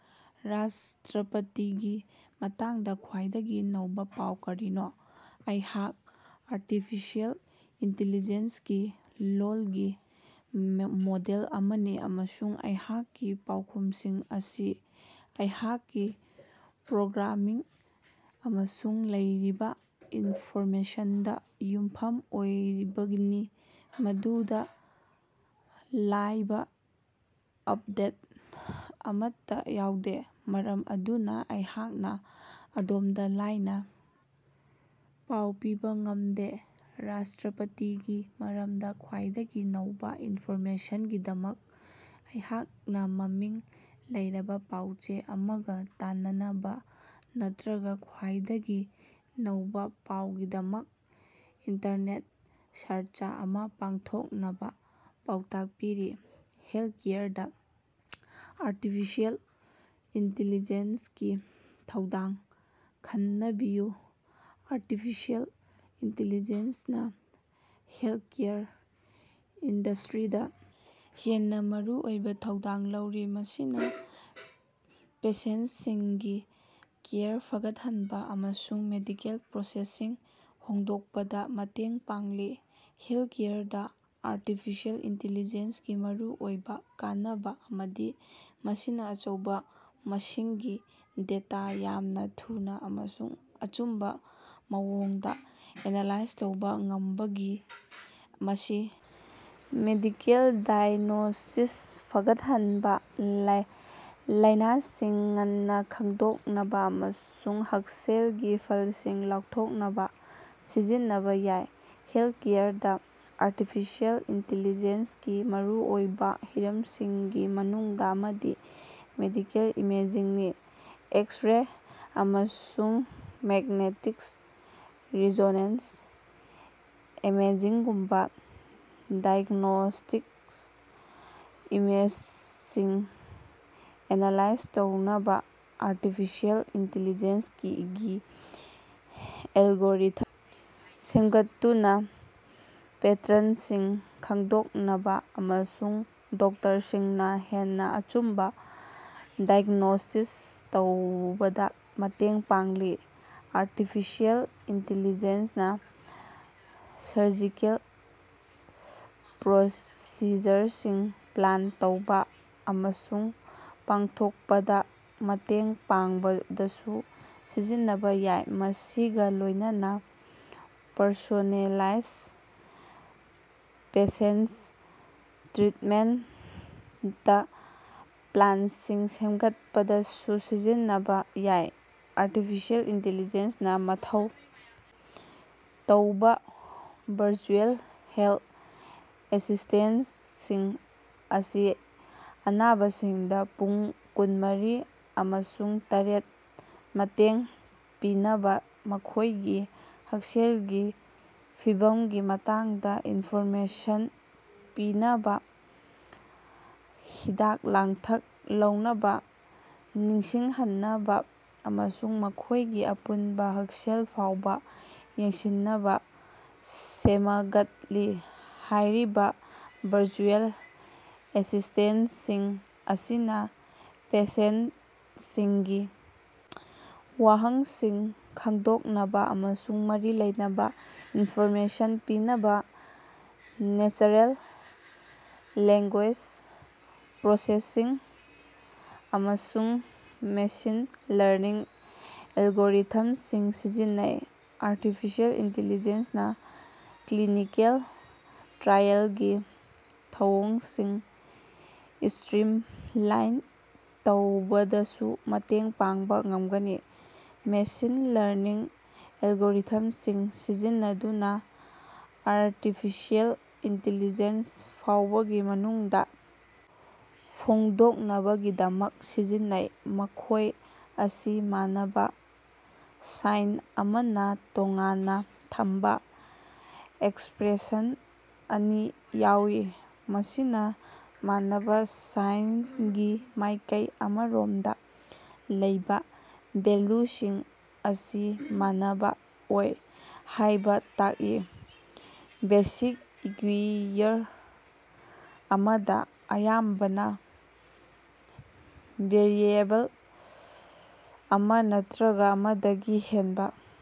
ꯔꯥꯁꯇ꯭ꯔꯄꯇꯤꯒꯤ ꯃꯇꯥꯡꯗꯥ ꯈ꯭ꯋꯥꯏꯗꯒꯤ ꯅꯧꯕꯥ ꯄꯥꯎ ꯀꯔꯤꯅꯣ? ꯑꯩꯍꯥꯛ ꯑꯔꯇꯤꯐꯤꯁꯦꯜ ꯏꯟꯇꯤꯂꯤꯖꯦꯟꯁꯒꯤ ꯂꯣꯜꯒꯤ ꯃꯣꯗꯦꯜ ꯑꯃꯅꯤ ꯑꯃꯁꯨꯡ ꯑꯩꯍꯥꯛꯀꯤ ꯄꯥꯎꯈꯨꯝꯁꯤꯡ ꯑꯁꯤ ꯑꯩꯍꯥꯛꯀꯤ ꯄ꯭ꯔꯣꯒ꯭ꯔꯥꯃꯤꯡ ꯑꯃꯁꯨꯡ ꯂꯩꯔꯤꯕꯥ ꯏꯟꯐꯣꯔꯃꯦꯁꯟꯗꯥ ꯌꯨꯝꯐꯝ ꯑꯣꯏꯕꯒꯤꯅꯤ ꯃꯗꯨꯗꯥ ꯂꯥꯏꯕ ꯑꯞꯗꯦꯠ ꯑꯃꯠꯇꯥ ꯌꯥꯎꯗꯦ꯫ ꯃꯔꯝ ꯑꯗꯨꯅꯥ ꯑꯩꯍꯥꯛꯅꯥ ꯑꯗꯣꯝꯗꯥ ꯂꯥꯏꯅ ꯄꯥꯎ ꯄꯤꯕꯥ ꯉꯝꯗꯦ, ꯔꯥꯁꯇ꯭ꯔꯄꯇꯤꯒꯤ ꯃꯔꯝꯗꯥ ꯈ꯭ꯋꯥꯏꯗꯒꯤ ꯅꯧꯕꯥ ꯏꯟꯐꯣꯔꯃꯦꯁꯟꯒꯤꯗꯃꯛ ꯑꯩꯍꯥꯛꯅꯥ ꯃꯃꯤꯡ ꯂꯩꯔꯕꯥ ꯄꯥꯎ-ꯆꯦ ꯑꯃꯒꯥ ꯇꯥꯟꯅꯅꯕꯥ ꯅꯠꯇ꯭ꯔꯒꯥ ꯈ꯭ꯋꯥꯏꯗꯒꯤ ꯅꯧꯕꯥ ꯄꯥꯎꯒꯤꯗꯃꯛ ꯏꯟꯇꯔꯅꯦꯠ ꯁꯥꯔꯆ ꯑꯃꯥ ꯄꯥꯡꯊꯣꯛꯅꯕꯥ ꯄꯥꯎꯇꯥꯛ ꯄꯤꯔꯤ꯫ ꯍꯦꯜꯊꯀꯦꯌꯔꯗꯥ ꯑꯥꯔꯇꯤꯐꯤꯁꯤꯑꯦꯜ ꯏꯟꯇꯦꯂꯤꯖꯦꯟꯁꯀꯤ ꯊꯧꯗꯥꯡ ꯈꯟꯅꯕꯤꯌꯨ꯫ ꯑꯥꯔꯇꯤꯐꯤꯁꯤꯑꯦꯜ ꯏꯟꯇꯤꯂꯤꯖꯦꯟꯁꯅꯥ ꯍꯦꯜꯊꯀꯦꯌꯔ ꯏꯟꯗꯁꯇ꯭ꯔꯤꯗꯥ ꯍꯦꯟꯅꯥ ꯃꯔꯨꯑꯣꯏꯕꯥ ꯊꯧꯗꯥꯡ ꯂꯧꯔꯤ, ꯃꯁꯤꯅꯥ ꯄꯦꯁꯦꯟꯇꯁꯤꯡꯒꯤ ꯀꯦꯌꯔ ꯐꯒꯠꯍꯟꯕꯗꯥ ꯑꯃꯁꯨꯡ ꯃꯦꯗꯤꯀꯦꯜ ꯄ꯭ꯔꯣꯁꯦꯁꯁꯤꯡ ꯍꯣꯡꯗꯣꯛꯄꯗꯥ ꯃꯇꯦꯡ ꯄꯥꯡꯂꯤ꯫ ꯍꯦꯜꯊꯀꯦꯌꯔꯗꯥ ꯑꯥꯔꯇꯤꯐꯤꯁꯤꯑꯦꯜ ꯏꯟꯇꯤꯂꯤꯖꯦꯟꯁꯒꯤ ꯃꯔꯨꯑꯣꯏꯕꯥ ꯀꯥꯟꯅꯕꯥ ꯑꯃꯗꯤ ꯃꯁꯤꯅꯥ ꯑꯆꯧꯕꯥ ꯃꯁꯤꯡꯒꯤ ꯗꯦꯇꯥ ꯌꯥꯝꯅꯥ ꯊꯨꯅꯥ ꯑꯃꯁꯨꯡ ꯑꯆꯨꯝꯕꯥ ꯃꯑꯣꯡꯗꯥ ꯑꯦꯅꯥꯂꯥꯏꯖ ꯇꯧꯕꯥ ꯉꯝꯕꯅꯤ꯫ ꯃꯁꯤ ꯃꯦꯗꯤꯀꯦꯜ ꯗꯥꯏꯒ꯭ꯅꯣꯁꯤꯁ ꯐꯒꯠꯍꯟꯅꯕꯥ, ꯂꯥꯏꯅꯥꯁꯤꯡ ꯉꯟꯅꯥ ꯈꯪꯗꯣꯛꯅꯕꯥ ꯑꯃꯁꯨꯡ ꯍꯛꯁꯦꯜꯒꯤ ꯐꯜꯁꯤꯡ ꯂꯥꯎꯊꯣꯛꯅꯕꯥ ꯁꯤꯖꯤꯟꯅꯕꯥ ꯌꯥꯏ꯫ ꯍꯦꯜꯊꯀꯦꯌꯔꯗꯥ ꯑꯥꯔꯇꯤꯐꯤꯁꯤꯑꯦꯜ ꯏꯟꯇꯤꯂꯤꯖꯦꯟꯁꯒꯤ ꯃꯔꯨꯑꯣꯏꯕꯥ ꯍꯤꯔꯝꯁꯤꯡꯒꯤ ꯃꯅꯨꯡꯗꯥ ꯑꯃꯗꯤ ꯃꯦꯗꯤꯀꯦꯜ ꯏꯃꯦꯖꯤꯡꯅꯤ꯫ ꯑꯦꯛꯁ-ꯔꯦ ꯑꯃꯁꯨꯡ ꯃꯦꯛꯅꯦꯠꯇꯤꯛ ꯔꯤꯖꯣꯅꯦꯟꯁ ꯏꯃꯦꯖꯤꯡꯒꯨꯝꯕꯥ ꯗꯥꯏꯒ꯭ꯅꯣꯁꯇꯤꯛ ꯏꯃꯦꯖꯁꯤꯡ ꯑꯦꯅꯥꯂꯥꯏꯖ ꯇꯧꯅꯕꯥ ꯑꯥꯔꯇꯤꯐꯤꯁꯤꯑꯦꯜ ꯏꯟꯇꯤꯂꯤꯖꯦꯟꯁꯒꯤ ꯑꯦꯜꯒꯣꯔꯤꯊꯝꯁꯤꯡ ꯁꯦꯝꯒꯠꯇꯨꯅꯥ ꯄꯦꯇ꯭ꯔꯟꯁꯤꯡ ꯈꯪꯗꯣꯛꯅꯕꯥ ꯑꯃꯁꯨꯡ ꯗꯣꯛꯇꯔꯁꯤꯡꯅꯥ ꯍꯦꯟꯅꯥ ꯑꯆꯨꯝꯕꯥ ꯗꯥꯏꯒ꯭ꯅꯣꯁꯤꯁ ꯇꯧꯕꯗꯥ ꯃꯇꯦꯡ ꯄꯥꯡꯂꯤ꯫ꯑꯥꯔꯇꯤꯐꯤꯁꯤꯑꯦꯜ ꯏꯟꯇꯤꯂꯤꯖꯦꯟꯁꯅꯥ ꯁꯔꯖꯤꯀꯦꯜ ꯄ꯭ꯔꯣꯁꯤꯖꯔꯁꯤꯡ ꯄ꯭ꯂꯥꯟ ꯇꯧꯕꯥ ꯑꯃꯁꯨꯡ ꯄꯥꯡꯊꯣꯛꯄꯗꯥ ꯃꯇꯦꯡ ꯄꯥꯡꯕꯗꯁꯨ ꯁꯤꯖꯤꯟꯅꯕꯥ ꯌꯥꯏ, ꯃꯁꯤꯒꯥ ꯂꯣꯏꯅꯅꯥ ꯄꯔꯁꯣꯅꯦꯂꯥꯏꯖ ꯄꯦꯁꯦꯟꯇ ꯇ꯭ꯔꯤꯠꯃꯦꯟꯇ ꯄ꯭ꯂꯥꯟꯁꯤꯡ ꯁꯦꯝꯒꯠꯄꯗꯁꯨ ꯁꯤꯖꯤꯟꯅꯕꯥ ꯌꯥꯏ꯫ꯑꯥꯔꯇꯤꯐꯤꯁꯤꯑꯦꯜ ꯏꯟꯇꯤꯂꯤꯖꯦꯟꯁꯅꯥ ꯃꯊꯧ ꯇꯧꯕꯥ ꯚꯔꯆꯨꯑꯦꯜ ꯍꯦꯜꯊ ꯑꯦꯁꯤꯁꯇꯦꯟꯇꯁꯤꯡ ꯑꯁꯤ ꯑꯅꯥꯕꯁꯤꯡꯗꯥ ꯄꯨꯡ ꯀꯨꯟꯃꯔꯤ ꯑꯃꯁꯨꯡ ꯇꯔꯦꯠ ꯃꯇꯦꯡ ꯄꯤꯅꯕꯥ, ꯃꯈꯣꯏꯒꯤ ꯍꯛꯁꯦꯜꯒꯤ ꯐꯤꯚꯝꯒꯤ ꯃꯇꯥꯡꯗꯥ ꯏꯟꯐꯣꯔꯃꯦꯁꯟ ꯄꯤꯅꯕꯥ, ꯍꯤꯗꯥꯛ-ꯂꯥꯡꯊꯛ ꯂꯧꯅꯕꯥ ꯅꯤꯡꯁꯤꯡꯍꯟꯅꯕꯥ, ꯑꯃꯁꯨꯡ ꯃꯈꯣꯏꯒꯤ ꯑꯄꯨꯟꯕꯥ ꯍꯛꯁꯦꯜ ꯐꯥꯎꯕꯥ ꯌꯦꯡꯁꯤꯟꯅꯕꯥ ꯁꯦꯃꯒꯠꯂꯤ꯫ ꯍꯥꯏꯔꯤꯕꯥ ꯚꯔꯆꯨꯑꯦꯜ ꯑꯦꯁꯤꯁꯇꯦꯟꯇꯁꯤꯡ ꯑꯁꯤꯅꯥ ꯄꯦꯁꯦꯟꯇꯁꯤꯡꯒꯤ ꯋꯥꯍꯪꯁꯤꯡ ꯈꯪꯗꯣꯛꯅꯕꯥ ꯑꯃꯁꯨꯡ ꯃꯔꯤ ꯂꯩꯅꯕꯥ ꯏꯟꯐꯣꯔꯃꯦꯁꯟ ꯄꯤꯅꯕꯥ ꯅꯦꯆꯔꯦꯜ ꯂꯦꯡꯒꯣꯏꯖ ꯄ꯭ꯔꯣꯁꯦꯁꯤꯡ ꯑꯃꯁꯨꯡ ꯃꯦꯁꯤꯟ ꯂꯔꯅꯤꯡ ꯑꯦꯜꯒꯣꯔꯤꯊꯝꯁꯤꯡ ꯁꯤꯖꯤꯟꯅꯩ꯫ ꯑꯥꯔꯇꯤꯐꯤꯁꯤꯑꯦꯜ ꯏꯟꯇꯤꯂꯤꯖꯦꯟꯁꯅꯥ ꯀ꯭ꯂꯤꯅꯤꯀꯦꯜ ꯇ꯭ꯔꯥꯏꯑꯦꯜꯒꯤ ꯊꯧꯑꯣꯡꯁꯤꯡ ꯏꯁꯇ꯭ꯔꯤꯝꯂꯥꯏꯟ ꯇꯧꯕꯗꯁꯨ ꯃꯇꯦꯡ ꯄꯥꯡꯕꯥ ꯉꯝꯒꯅꯤ꯫ ꯃꯦꯁꯤꯟ ꯂꯔꯅꯤꯡ ꯑꯦꯜꯒꯣꯔꯤꯊꯝꯁꯤꯡ ꯁꯤꯖꯤꯟꯅꯗꯨꯅꯥ ꯑꯥꯔꯇꯤꯐꯤꯁꯤꯑꯦꯜ ꯏꯟꯇꯤꯂꯤꯖꯦꯟꯁ ꯐꯥꯎꯕꯒꯤ ꯃꯅꯨꯡꯗꯥ ꯐꯣꯡꯗꯣꯛꯅꯕꯒꯤꯗꯃꯛ ꯁꯤꯖꯤꯟꯅꯩ꯫ ꯃꯈꯣꯏ ꯑꯁꯤ ꯃꯥꯟꯅꯕꯥ ꯁꯥꯏꯟ ꯑꯃꯅꯥ ꯇꯣꯉꯥꯟꯅꯥ ꯊꯝꯕꯥ ꯑꯦꯛꯁꯄ꯭ꯔꯦꯁꯟ ꯑꯅꯤ ꯌꯥꯎꯏ, ꯃꯁꯤꯅꯥ ꯃꯥꯟꯅꯕꯥ ꯁꯥꯏꯟꯒꯤ ꯃꯥꯏꯀꯩ ꯑꯃꯔꯣꯝꯗꯥ ꯂꯩꯕꯥ ꯚꯦꯜꯂꯨꯁꯤꯡ ꯑꯁꯤ ꯃꯥꯟꯅꯕꯥ ꯑꯣꯏ ꯍꯥꯏꯕꯥ ꯇꯥꯛꯏ꯫ ꯕꯦꯁꯤꯛ ꯏꯀ꯭ꯌꯨꯏꯌꯔ ꯑꯃꯗꯥ ꯑꯌꯥꯝꯕꯅꯥ ꯚꯦꯔꯤꯑꯦꯕꯜ ꯑꯃꯥ ꯅꯠꯇ꯭ꯔꯒꯥ ꯑꯃꯗꯒꯤ ꯍꯦꯟꯕꯥ